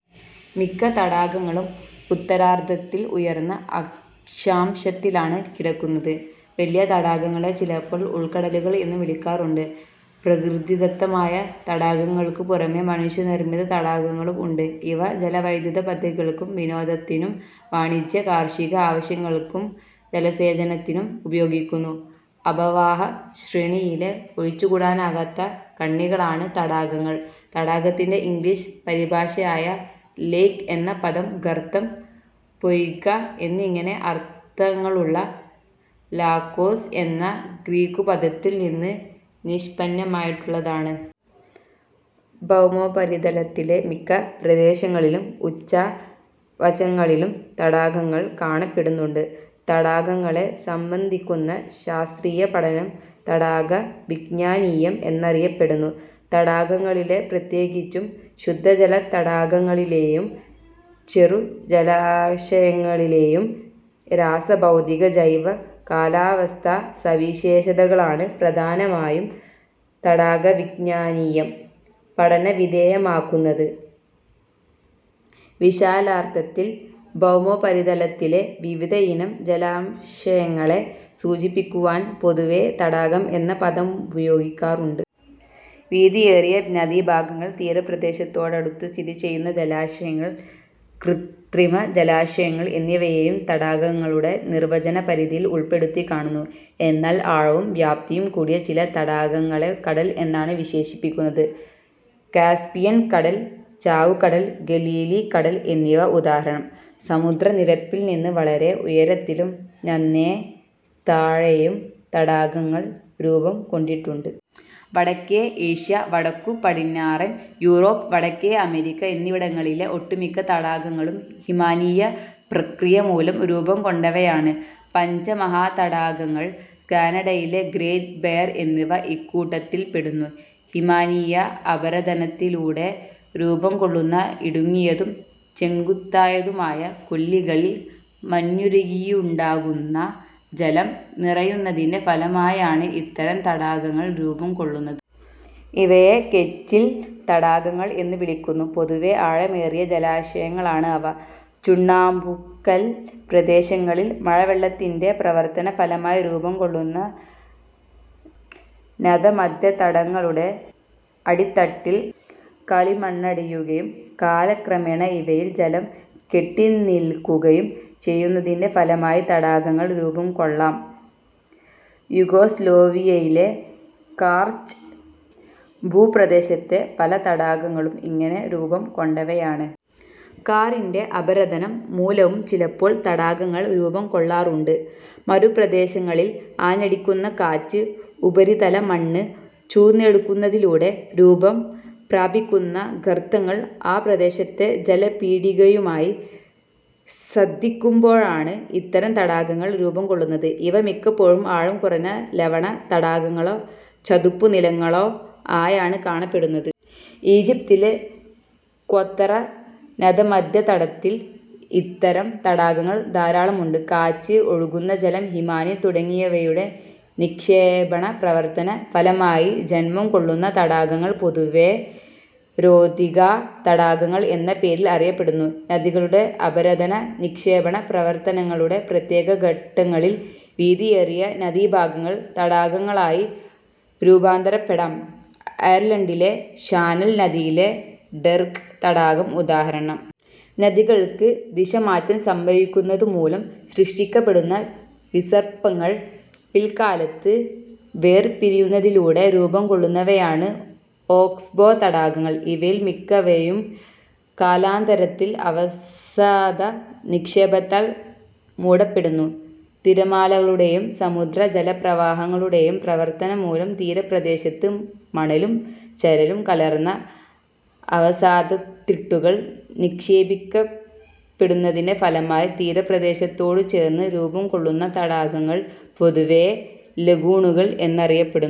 മിക്ക തടാകങ്ങളും ഉത്തരാർദ്ധത്തിൽ ഉയർന്ന അക്ഷാംശത്തിലാണ് കിടക്കുന്നത്. വലിയ തടാകങ്ങളെ ചിലപ്പോൾ ഉൾക്കടലുകൾ എന്നും വിളിക്കാറുണ്ട്. പ്രകൃതിദത്തമായ തടാകങ്ങൾക്കു പുറമേ മനുഷ്യനിർമ്മിത തടാകങ്ങളും ഉണ്ട്. ഇവ ജലവൈദ്യുതപദ്ധതികൾക്കും വിനോദത്തിനും വാണിജ്യ, കാർഷിക ആവശ്യങ്ങൾക്കും ജലസേചനത്തിനും ഉപയോഗിക്കുന്നു. അപവാഹ ശ്രേണിയിലെ ഒഴിച്ചുകൂടാനാകാത്ത കണ്ണികളാണ് തടാകങ്ങൾ. തടാകത്തിന്റെ ഇംഗ്ലീഷ് പരിഭാഷയായ ലേക്എന്ന പദം ഗർത്തം, പൊയ്കഎന്നിങ്ങനെ അർഥങ്ങളുള്ള ലാകോസ് എന്ന ഗ്രീക്കുപദത്തിൽ നിന്ന് നിഷ്പന്നമായിട്ടുള്ളതാണ്. ഭൌമോപരിതലത്തിലെ മിക്ക പ്രദേശങ്ങളിലും ഉച്ചാ വചങ്ങളിലും തടാകങ്ങൾ കാണപ്പെടുന്നുണ്ട്. തടാകങ്ങളെ സംബന്ധിക്കുന്ന ശാസ്ത്രീയ പഠനം തടാക വിജ്ഞാനീയം എന്നറിയപ്പെടുന്നു. തടാകങ്ങളിലെ, പ്രത്യേകിച്ചും ശുദ്ധജലതടാകങ്ങളിലേയും ചെറു ജലാശയങ്ങളി ലേയും രാസ-ഭൗതിക-ജൈവ-കാലാവസ്ഥാ സവിശേഷതകളാണ് പ്രധാനമായും തടാകവിജ്ഞാനീയം പഠനവിധേയമാക്കുന്നത്. വിശാലാർഥത്തിൽ ഭൗമോപരിതലത്തിലെ വിവിധയിനം ജലാശയങ്ങളെ സൂചിപ്പിക്കുവാൻ പൊതുവേ തടാകം എന്ന പദമുപയോഗിക്കാറുണ്ട്. വീതിയേറിയ നദീഭാഗങ്ങൾ, തീരപ്രദേശത്തോടടുത്തു സ്ഥിതിചെയ്യുന്ന ജലാശയങ്ങൾ, കൃത്രിമ ജലാശയങ്ങൾ എന്നിവയെയും തടാകങ്ങളുടെ നിർവചന പരിധിയിൽ ഉൾപ്പെടുത്തി കാണുന്നു. എന്നാൽ ആഴവും വ്യാപ്തിയും കൂടിയ ചില തടാകങ്ങളെ കടൽ എന്നാണ് വിശേഷിപ്പിക്കുന്നത്. കാസ്പിയൻ കടൽ, ചാവുകടൽ, ഗലീലി കടൽ എന്നിവ ഉദാഹരണം. സമുദ്ര നിരപ്പിൽ നിന്ന് വളരെ ഉയരത്തിലും നന്നേ താഴെയും തടാകങ്ങൾ രൂപംകൊണ്ടിട്ടുണ്ട്. വടക്കേ ഏഷ്യ, വടക്കു പടിഞ്ഞാറൻ യൂറോപ്പ്, വടക്കേ അമേരിക്ക എന്നിവിടങ്ങളിലെ ഒട്ടുമിക്ക തടാകങ്ങളും ഹിമാനീയ പ്രക്രിയമൂലം രൂപംകൊണ്ടവയാണ്. പഞ്ച മഹാതടാകങ്ങൾ, കാനഡയിലെ ഗ്രേറ്റ് ബെയർ എന്നിവ ഇക്കൂട്ടത്തിൽപ്പെടുന്നു. ഹിമാനീയ അപരദനത്തിലൂടെ രൂപംകൊള്ളുന്ന ഇടുങ്ങിയതും ചെങ്കുത്തായതുമായ കൊല്ലികളിൽ മഞ്ഞുരുകിയുണ്ടാകുന്ന ജലം നിറയുന്നതിന്റെ ഫലമായാണ് ഇത്തരം തടാകങ്ങൾ രൂപംകൊള്ളുന്നത്. ഇവയെ കെറ്റിൽ തടാകങ്ങൾ എന്നു വിളിക്കുന്നു. പൊതുവേ ആഴമേറിയ ജലാശയങ്ങളാണ് അവ. ചുണ്ണാമ്പുകൽ പ്രദേശങ്ങളിൽ മഴവെള്ളത്തിന്റെ പ്രവർത്തന ഫലമായി രൂപംകൊള്ളുന്ന നതമധ്യതടങ്ങളുടെ അടിത്തട്ടിൽ കളിമണ്ണടിയുകയും കാലക്രമേണ ഇവയിൽ ജലം കെട്ടിനില്ക്കുകയും ചെയ്യുന്നതിന്റെ ഫലമായി തടാകങ്ങൾ രൂപംകൊള്ളാം. യുഗോസ്ലോവിയയിലെ കാർസ്റ്റ് ഭൂപ്രദേശത്തെ പല തടാകങ്ങളും ഇങ്ങനെ രൂപം കൊണ്ടവയാണ്. കാറിന്റെ അപരദനം മൂലവും ചിലപ്പോൾ തടാകങ്ങൾ രൂപം കൊള്ളാറുണ്ട്. മരുപ്രദേശങ്ങളിൽ ആഞ്ഞടിക്കുന്ന കാറ്റ് ഉപരിതല മണ്ണ് ചൂഴ്ന്നെടുക്കുന്നതിലൂടെ രൂപം പ്രാപിക്കുന്ന ഗർത്തങ്ങൾ ആ പ്രദേശത്തെ ജലപീഠികയുമായി സന്ധിക്കുമ്പോഴാണ് ഇത്തരം തടാകങ്ങൾ രൂപംകൊള്ളുന്നത്. ഇവ മിക്കപ്പോഴും ആഴം കുറഞ്ഞ ലവണ തടാകങ്ങളോ ചതുപ്പു നിലങ്ങളോ ആയാണ് കാണപ്പെടുന്നത്. ഈജിപ്തിലെ ഖ്വത്തറ നതമധ്യതടത്തിൽ ഇത്തരം തടാകങ്ങൾ ധാരാളമുണ്ട്. കാറ്റ്, ഒഴുകുന്ന ജലം, ഹിമാനി തുടങ്ങിയവയുടെ നിക്ഷേപണ പ്രവർത്തന ഫലമായി ജന്മം കൊള്ളുന്ന തടാകങ്ങൾ പൊതുവേ രോധികാ തടാകങ്ങൾ എന്ന പേരിൽ അറിയപ്പെടുന്നു. നദികളുടെ അപരദന-നിക്ഷേപണ പ്രവർത്തനങ്ങളുടെ പ്രത്യേക ഘട്ടങ്ങളിൽ വീതിയേറിയ നദീഭാഗങ്ങൾ തടാകങ്ങളായി രൂപാന്തരപ്പെടാം; അയർലണ്ടിലെ ഷാനൽ നദിയിലെ ഡെർഗ് തടാകം ഉദാഹരണം. നദികൾക്ക് ദിശമാറ്റം സംഭവിക്കുന്നതുമൂലം സൃഷ്ടിക്കപ്പെടുന്ന വിസർപ്പങ്ങൾ പില്ക്കാലത്ത് വേർ പിരിയുന്നതിലൂടെ രൂപംകൊള്ളുന്നവയാണ് ഓക്സ്ബോ തടാകങ്ങൾ. ഇവയിൽ മിക്കവയും കാലാന്തരത്തിൽ അവസാദ നിക്ഷേപത്താൽ മൂടപ്പെടുന്നു. തിരമാലകളുടേയും സമുദ്ര ജലപ്രവാഹങ്ങളുടേയും പ്രവർത്തനംമൂലം തീരപ്രദേശത്ത് മണലും ചരലും കലർന്ന അവസാദത്തിട്ടുകൾ നിക്ഷേപിക്കപ്പെടു ന്നതിന്റെ ഫലമായി തീരപ്രദേശത്തോടു ചേർന്ന് രൂപംകൊള്ളുന്ന തടാകങ്ങൾ പൊതുവേ ലഗൂണുകൾ എന്നറിയപ്പെടു.